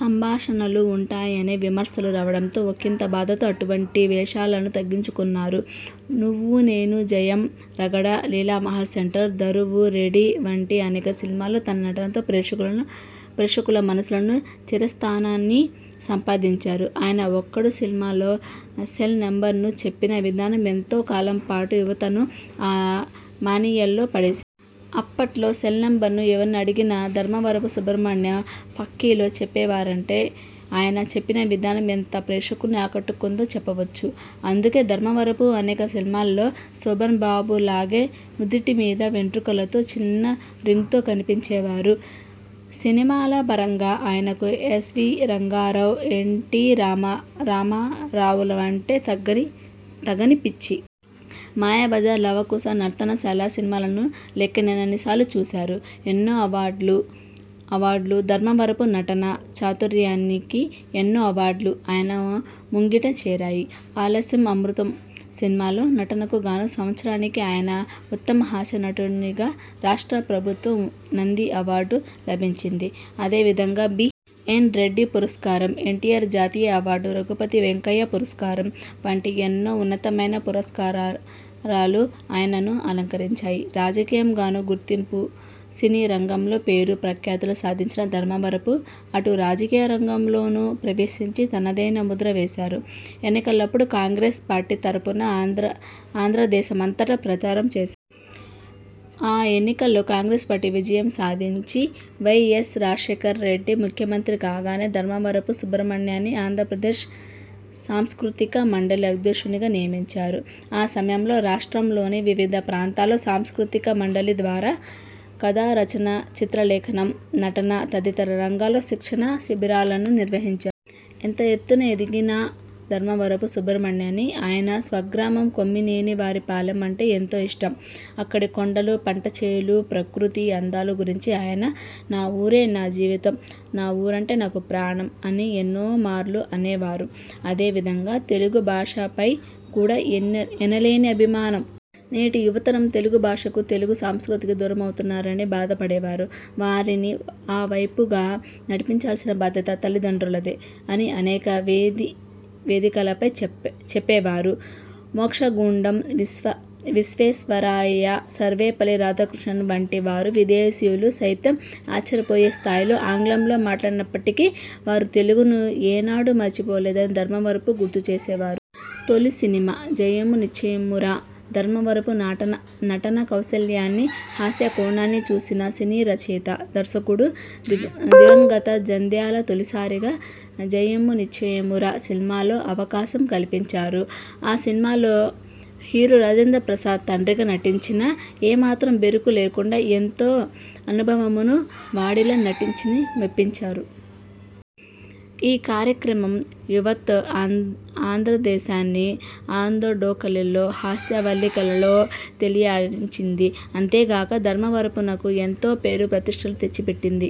సంభాషణలు ఉంటున్నాయనే విమర్శలు రావడంతో ఒకింత బాధతో అటువంటి వేషాలను తగ్గించుకున్నారు. నువ్వునేను, జయం, రగడ, లీలామహల్ సెంటర్, దరువు, రెడీ వంటి అనేక సినిమాల్లో తన నటనతో ప్రేక్షకుల మనసుల్లో చిరస్థానాన్ని సంపాదించారు. ఆయన 'ఒక్కడు' సినిమాలో సెల్ నెంబరును చెప్పిన విధానం ఎంతో కాలంపాటు యువతను ఆ మానియాలో పడేసింది. అప్పట్లో సెల్నెంబరు ఎవర్ని అడిగినా ధర్మవరపు సుబ్రహ్మణ్యం ఫక్కీలో చెప్పేవారంటే ఆయన చెప్పిన విధానం ఎంతగా ప్రేక్షకుల్ని ఆకట్టుకుందో చెప్పొచ్చు. అందుకే ధర్మవరపు అనేక సినిమాల్లో శోభన్బాబులాగే నుదిటి మీద వెంట్రుకలతో చిన్న రింగ్తో కనిపించేవారు. సినిమాల పరంగా ఆయనకు ఎస్. వి. రంగారావు, ఎన్టీ రామారా వులంటే తగని పిచ్చి. మాయాబజార్, లవకుశ, నర్తనశాల సినిమాలను లెక్కలేనన్ని సార్లు చూశారు. ఎన్నో అవార్డులు ధర్మవరపు నటనా చాతుర్యానికి ఎన్నో అవార్డులు ఆయన ముంగిట చేరాయి. 'ఆలస్యం అమృతం' సినిమాలో నటనకు గాను సంవత్సరానికి ఆయనకు ఉత్తమ హాస్య నటునిగా రాష్ట్ర ప్రభుత్వ నంది అవార్డు లభించింది. అదే విధంగా బి. ఎన్. రెడ్డి పురస్కారం, ఎన్టీఆర్ జాతీయ అవార్డు, రఘుపతి వెంకయ్య పురస్కారం వంటి ఎన్నోఉన్నతమైన పురస్కారాలు ఆయన్ను అలంకరించాయి. రాజకీయం గానూ గుర్తింపు సినీ రంగంలో పేరు ప్రఖ్యాతులు సాధించిన ధర్మవరపు అటు రాజకీయ రంగం లోనూ ప్రవేశించి తనదైన ముద్ర వేశారు. ఎన్నికలప్పుడు కాంగ్రెస్ పార్టీ తరఫున ఆంధ్రదేశ మంతటా ప్రచారం చేశారు. ఆ ఎన్నికల్లో కాంగ్రెస్ పార్టీ విజయం సాధించి వై. యస్. రాజశేఖర రెడ్డి ముఖ్యమంత్రి కాగానే ధర్మవరపు సుబ్రహ్మణ్యాన్ని ఆంధ్ర ప్రదేశ్ సాంస్కృతిక మండలి అధ్యక్షునిగా నియమించారు. ఆ సమయంలో రాష్ట్రం లోని వివిధ ప్రాంతాల్లో సాంస్కృతిక మండలి ద్వారా కథా రచన, చిత్రలేఖనం, నటన తదితర రంగాల్లో శిక్షణా శిబిరాలను నిర్వహించారు. ఎంత ఎత్తు ఎదిగినా ధర్మవరపు సుబ్రహ్మణ్యానికి ఆయన స్వగ్రామం కొమ్మినేని వారి పాలెం అంటే ఎంతో ఇష్టం. అక్కడి కొండలు, పంటచేలు ప్రకృతి అందాల గురించి ఆయన 'నా ఊరే నా జీవితం. నా ఊరంటే నాకు ప్రాణం' అని ఎన్నోమార్లు అనేవారు. అదే విధంగా తెలుగు భాషపై కూడా ఎన్ ఎనిలేని అభిమానం. నేటి యువతరం తెలుగు భాషకు, తెలుగు సంస్కృతికి దూరమవుతున్నారని బాధపడేవారు. వారిని ఆవైపు గా నడిపించాల్సిన బాధ్యత తల్లి దండ్రులదే అని అనేక వేది కలపై చెప్పేవారు. మోక్షగుండం విశ్వే శ్వరయ్య, సర్వేపల్లి రాధాకృష్ణన్ వంటి వారు విదేశీయులు సైతం ఆశ్చర్యపోయే స్థాయిలో ఆంగ్లంలో మాట్లాడినప్పటికీ వారు తెలుగును ఏనాడూ మరిచి పోలేదని ధర్మవరపు గుర్తుచేసేవారు. తొలి సినిమా జయమ్ము నిశ్చయమ్మురా ధర్మవరపు నటన నటనా కౌశల్యాన్ని, హాస్యకోణాన్ని చూసిన సినీ రచయిత, దర్శకుడు దివంగత జంధ్యాల తొలిసారిగా 'జయమ్ము నిశ్చయమ్మురా' సినిమాలో అవకాశం కల్పించారు. ఆ సినిమాలో హీరో రాజేంద్రప్రసాద్ తండ్రిగా నటించినా ఏమాత్రం బెరుకు లేకుండా ఎంతో అనుభవమున్న వాడిలా నటించి మెప్పించారు. ఈ కార్యక్రమం యావత్ ఆంధ్రదేశాన్ని ఆనందడోలికల్లో, హాస్యవల్లికలో తేలియాడించింది. అంతేగాక ధర్మవరపునకు ఎంతో పేరు ప్రతిష్ఠలు తెచ్చిపెట్టింది.